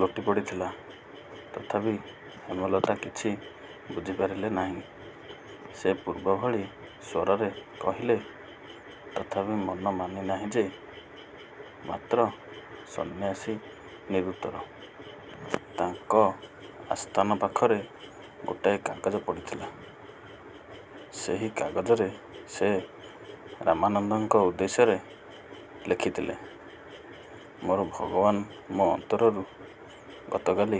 ଲୋଟିପଡ଼ିଲା। ତଥାପି ହେମଲତା କିଛି ବୁଝିପାରିଲେ ନାହିଁ। ସେ ପୂର୍ବ ଭଳି ସ୍ୱରରେ କହିଲେ ''ତଥାପି ମନ ମାନି ନାହିଁ ଯେ '' ମାତ୍ର ସନ୍ୟାସୀ ନିରୁତ୍ତର। ତାଙ୍କ ଆସ୍ଥାନ ପାଖରେ ଗୋଟାଏ କାଗଜ ପଡ଼ିଥିଲା। ସେହି କାଗଜରେ ସେ ରାମାନନ୍ଦଙ୍କ ଉଦ୍ଦେଶ୍ୟରେ ଲେଖିଥିଲେ ''ମୋର ଭଗବାନ ମୋ ଅନ୍ତରରୁ ଗତକାଲି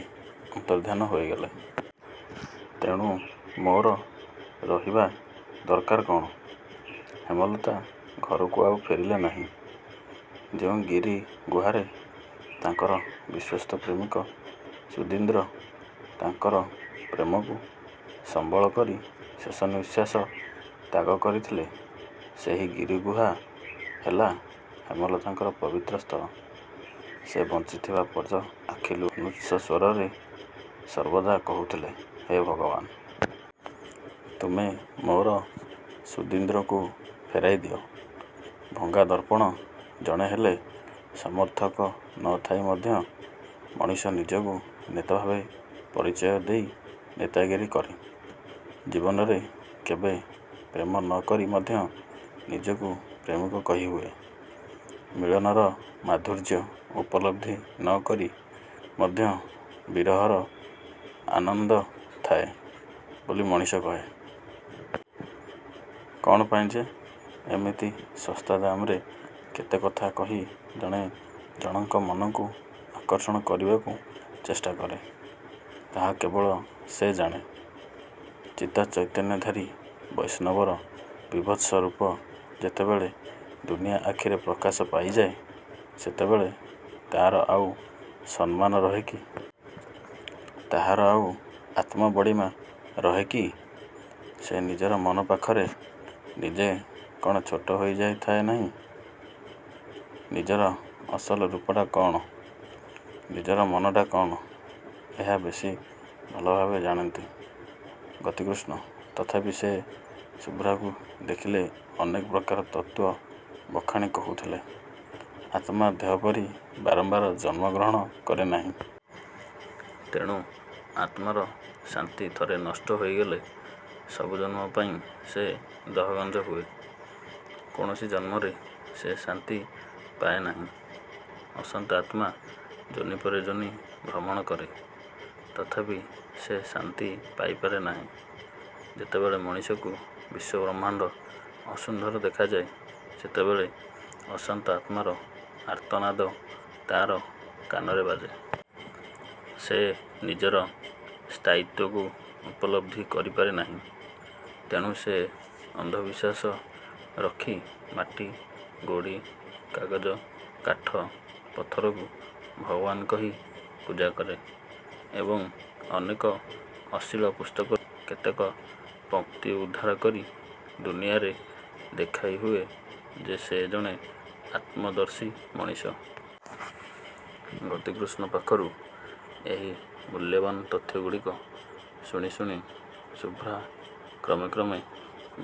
ଅନ୍ତର୍ଦ୍ଧାନ ହୋଇଗଲେ। ତେଣୁ ମୋର ରହିବା ଦରକାର କ'ଣ? '' ହେମଲତା ଘରକୁ ଆଉ ଫେରିଲେ ନାହିଁ। ଯେଉଁ ଗିରି ଗୁହାରେ ତାଙ୍କର ବିଶ୍ୱସ୍ତ ପ୍ରେମିକ ସୁଧୀନ୍ଦ୍ର ତାଙ୍କର ପ୍ରେମକୁ ସମ୍ବଳକରି ଶେଷନିଃଶ୍ୱାସ ତ୍ୟାଗ କରିଥିଲେ ସେହି ଗିରିଗୁହା ହେଲା ହେମଲତାଙ୍କ ପବିତ୍ର ସ୍ଥଳ। ସେ ବଞ୍ଚିଥିବା ପର୍ଯ୍ୟନ୍ତ ଆଖି ଲୁହରେ ଭଗବାନଙ୍କୁ ଅନୁଚ୍ଚସ୍ୱରରେ ସର୍ବଦା କହୁଥିଲେ, ''ହେ ଭଗବାନ! ତୁମେ ମୋର ସୁଧୀନ୍ଦ୍ରକୁ ଫେରାଇଦିଅ। '' ଭଙ୍ଗା ଦର୍ପଣ ଜଣେ ହେଲେ ସମର୍ଥକ ନ ଥାଇ ମଧ୍ୟ ମଣିଷ ନିଜକୁ ନେତାଭାବେ ପରିଚୟ ଦେଇ ନେତାଗିରୀ କରେ। ଜୀବନରେ କେବେ ପ୍ରେମ ନ କରି ମଧ୍ୟ ନିଜକୁ ପ୍ରେମିକ କହିହୁଏ। ମିଳନର ମାଧୁର୍ଯ୍ୟ ଉପଲବ୍ଧି ନ କରି ମଧ୍ୟ ବିରହରେ ଆନନ୍ଦ ଥାଏ ବୋଲି ମଣିଷ କହେ। କ'ଣ ପାଇଁ ଯେ ଏମିତି ଶସ୍ତା ଦାମରେ କେତେ କଥା କହି ଜଣେ ଜଣଙ୍କର ମନକୁ ଆକର୍ଷଣ କରିବାକୁ ଚେଷ୍ଟାକରେ ତାହା କେବଳ ସେ ଜାଣେ। ଚିତାଚୈତନ୍ୟଧାରୀ ବୈଷ୍ଣବର ବିଭତ୍ସରୂପ ଯେତେବେଳେ ଦୁନିଆ ଆଖିରେ ପ୍ରକାଶ ପାଇଯାଏ, ସେତେବେଳେ ତାହାର ଆଉ ସମ୍ମାନ ରହେ କି? ତାହାର ଆଉ ଆତ୍ମବଡ଼ିମା ରହେ କି-? ସେ ନିଜର ମନ ପାଖରେ ନିଜେ କ'ଣ ଛୋଟ ହୋଇଯାଏ ନାହିଁ? ନିଜର ଅସଲ ରୂପଟା କ'ଣ, ନିଜର ମନଟା କ'ଣ, ଏହା ବେଶି ଭଲଭାବେ ଜାଣନ୍ତି ଗତିକୃଷ୍ଣ। ତଥାପି ସେ ଶୁଭ୍ରାକୁ ଦେଖିଲେ ଅନେକ ପ୍ରକାର ତତ୍ତ୍ଵ ବଖାଣି କହୁଥିଲେ, ''ଆତ୍ମା ଦେହପରି ବାରମ୍ବାର ଜନ୍ମଗ୍ରହଣ କରେନାହିଁ। ତେଣୁ ଆତ୍ମାର ଶାନ୍ତି ଥରେ ନଷ୍ଟ ହୋଇଗଲେ ସବୁ ଜନ୍ମପାଇଁ ସେ ଦହଗଞ୍ଜ ହୁଏ। କୌଣସି ଜନ୍ମରେ ସେ ଶାନ୍ତି ପାଏ ନାହିଁ। ଅଶାନ୍ତ ଆତ୍ମା ଯୋନି ପରେ ଯୋନି ଭ୍ରମଣ କରେ। ତଥାପି ସେ ଶାନ୍ତି ପାଇପାରେ ନାହିଁ। ଯେତେବେଳେ ମଣିଷକୁ ବିଶ୍ୱବ୍ରହ୍ମାଣ୍ଡ ଅସୁନ୍ଦର ଦେଖାଯାଏ, ସେତେବେଳେ ଅଶାନ୍ତ ଆତ୍ମାର ଆର୍ତ୍ତନାଦ ତା'ର କାନରେ ବାଜେ। ସେ ନିଜର ସ୍ଥାୟିତ୍ୱକୁ ଉପଲବ୍ଧି କରିପାରେ ନାହିଁ। ତେଣୁ ସେ ଅନ୍ଧବିଶ୍ୱାସ ରଖି ମାଟି, ଗୋଡ଼ି, କାଗଜ, କାଠ, ପଥରକୁ ଭଗବାନ କହି ପୂଜାକରେ ଏବଂ ଅନେକ ଅଶ୍ଳୀଳ ପୁସ୍ତକରୁ କେତେକ ପଂକ୍ତି ଉଦ୍ଧାର କରି ଦୁନିଆରେ ଦେଖାଇହୁଏ ଯେ ସେ ଜଣେ ଆତ୍ମଦର୍ଶୀ ମଣିଷ। '' ଗତିକୃଷ୍ଣ ପାଖରୁ ଏହି ମୂଲ୍ୟବାନ ତଥ୍ୟଗୁଡ଼ିକ ଶୁଣି ଶୁଣି ଶୁଭ୍ରା କ୍ରମେ କ୍ରମେ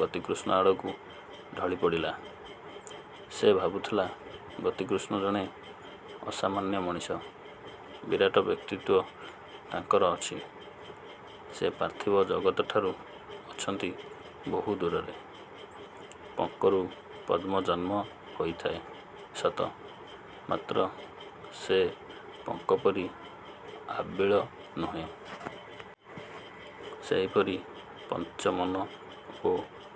ଗତିକୃଷ୍ଣ ଆଡ଼କୁ ଢଳିପଡ଼ିଲା। ସେ ଭାବୁଥିଲା, 'ଗତିକୃଷ୍ଣ ଜଣେ ଅସାମାନ୍ୟ ମଣିଷ, ବିରାଟ ବ୍ୟକ୍ତିତ୍ଵ ତାଙ୍କର ଅଛି। ସେ ପାର୍ଥିବ ଜଗତଠାରୁ ଅଛନ୍ତି ବହୁ ଦୂରରେ। ପଙ୍କରୁ ପଦ୍ମ ଜନ୍ମହୋଇଥାଏ ସତ, ମାତ୍ର ସେ ପଙ୍କପରି ଆବିଳ ନୁହେଁ। ସେହିପରି ପଞ୍ଚମନ ଓ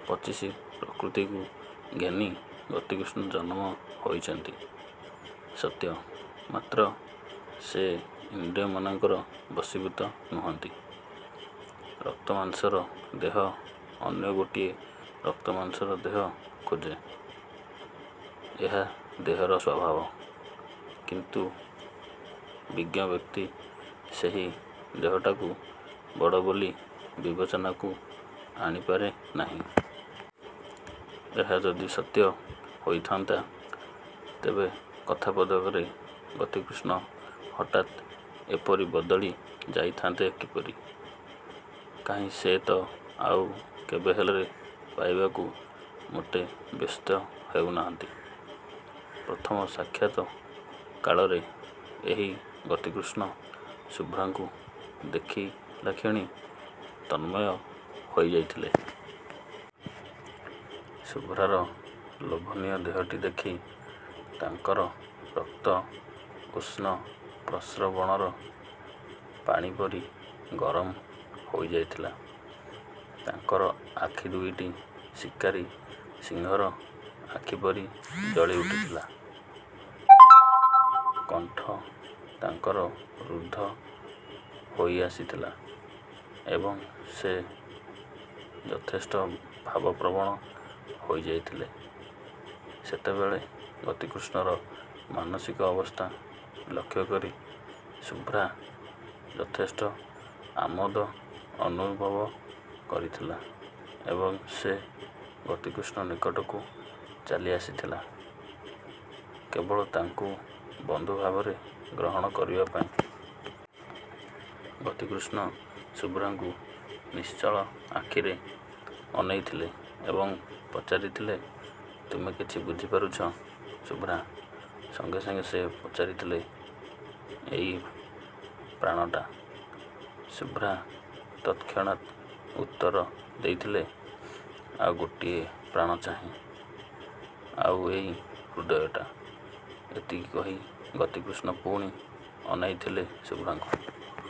ପଚିଶ ପ୍ରକୃତିକୁ ଘେନି ଗତିକୃଷ୍ଣ ଜନ୍ମ ହୋଇଛନ୍ତି ସତ୍ୟ; ମାତ୍ର ସେ ଇନ୍ଦ୍ରିୟମାନଙ୍କର ବଶୀଭୂତ ନୁହନ୍ତି। ରକ୍ତମାଂସର ଦେହ ଅନ୍ୟ ଗୋଟିଏ ରକ୍ତମାଂସର ଦେହ ଖୋଜେ, ଏହା ଦେହର ସ୍ୱଭାବ। କିନ୍ତୁ ବିଜ୍ଞବ୍ୟକ୍ତି ସେହି ଦେହଟାକୁ ବଡ଼ ବୋଲି ବିବେଚନାକୁ ଆଣିପାରେ ନାହିଁ। ଏହା ଯଦି ସତ୍ୟ ହୋଇନଥାନ୍ତା, ତେବେ କଥା ପଦକରେ ଗତିକୃଷ୍ଣ ହଠାତ୍ ଏପରି ବଦଳି ଯାଇଥାନ୍ତେ କିପରି? କାହିଁ ସେ ତ ଆଉ କେବେହେଲେ ଶୁଭ୍ରାକୁ ଅତି ନିକଟରେ ପାଇବାକୁ ମୋଟେ ବ୍ୟସ୍ତ ହେଉନାହାନ୍ତି? ' ପ୍ରଥମ ସାକ୍ଷାତ କାଳରେ ଏହି ଗତିକୃଷ୍ଣ ଶୁଭ୍ରାକୁ ଦେଖିଲାକ୍ଷଣି ତନ୍ମୟ ହୋଇଯାଇଥିଲେ। ଶୁଭ୍ରାର ଲୋଭନୀୟ ଦେହଟି ଦେଖି ତାଙ୍କର ରକ୍ତ ଉଷ୍ମପ୍ରସ୍ରବଣର ପାଣିପରି ଗରମ ହୋଇଯାଇଥିଲା। ତାଙ୍କର ଆଖି ଦୁଇଟି ଶିକାରୀ ସିଂହର ଆଖିପରି ଜଳିଉଠିଥିଲା। କଣ୍ଠ ତାଙ୍କର ରୁଦ୍ଧ ହୋଇଆସିଥିଲା ଏବଂ ସେ ଯଥେଷ୍ଟ ଭାବପ୍ରବଣ ହୋଇଯାଇଥିଲେ। ସେତେବେଳେ ଗତିକୃଷ୍ଣର ମାନସିକ ଅବସ୍ଥା ଲକ୍ଷ୍ୟକରି ଶୁଭ୍ରା ଯଥେଷ୍ଟ ଆମୋଦ ଅନୁଭବ କରିଥିଲା ଏବଂ ସେ ଗତିକୃଷ୍ଣ ନିକଟକୁ ଚାଲିଆସିଥିଲା କେବଳ ତାଙ୍କୁ ବନ୍ଧୁଭାବରେ ଗ୍ରହଣ କରିବା ପାଇଁ। ଗତିକୃଷ୍ଣ ଶୁଭ୍ରାକୁ ନିଶ୍ଚଳ ଆଖିରେ ଅନେଇଥିଲେ ଏବଂ ପଚାରିଥିଲେ ''ତୁମେ କିଛି ବୁଝିପାରୁଛ ଶୁଭ୍ରା? '' ସଙ୍ଗେ ସଙ୍ଗେ ସେ ପଚାରିଥିଲେ, ''ଏଇ ପ୍ରାଣଟା? '' ଶୁଭ୍ରା ତତ୍କ୍ଷଣାତ ଉତ୍ତର ଦେଇଥିଲା, ''ଆଉ ଗୋଟାଏ ପ୍ରାଣ ଚାହେଁ। '' ''ଆଉ ଏଇ ହୃଦୟଟା? '' ଏତିକି କହି ଗତିକୃଷ୍ଣ ପୁଣି ଅନାଇଥିଲେ ଶୁଭ୍ରାକୁ।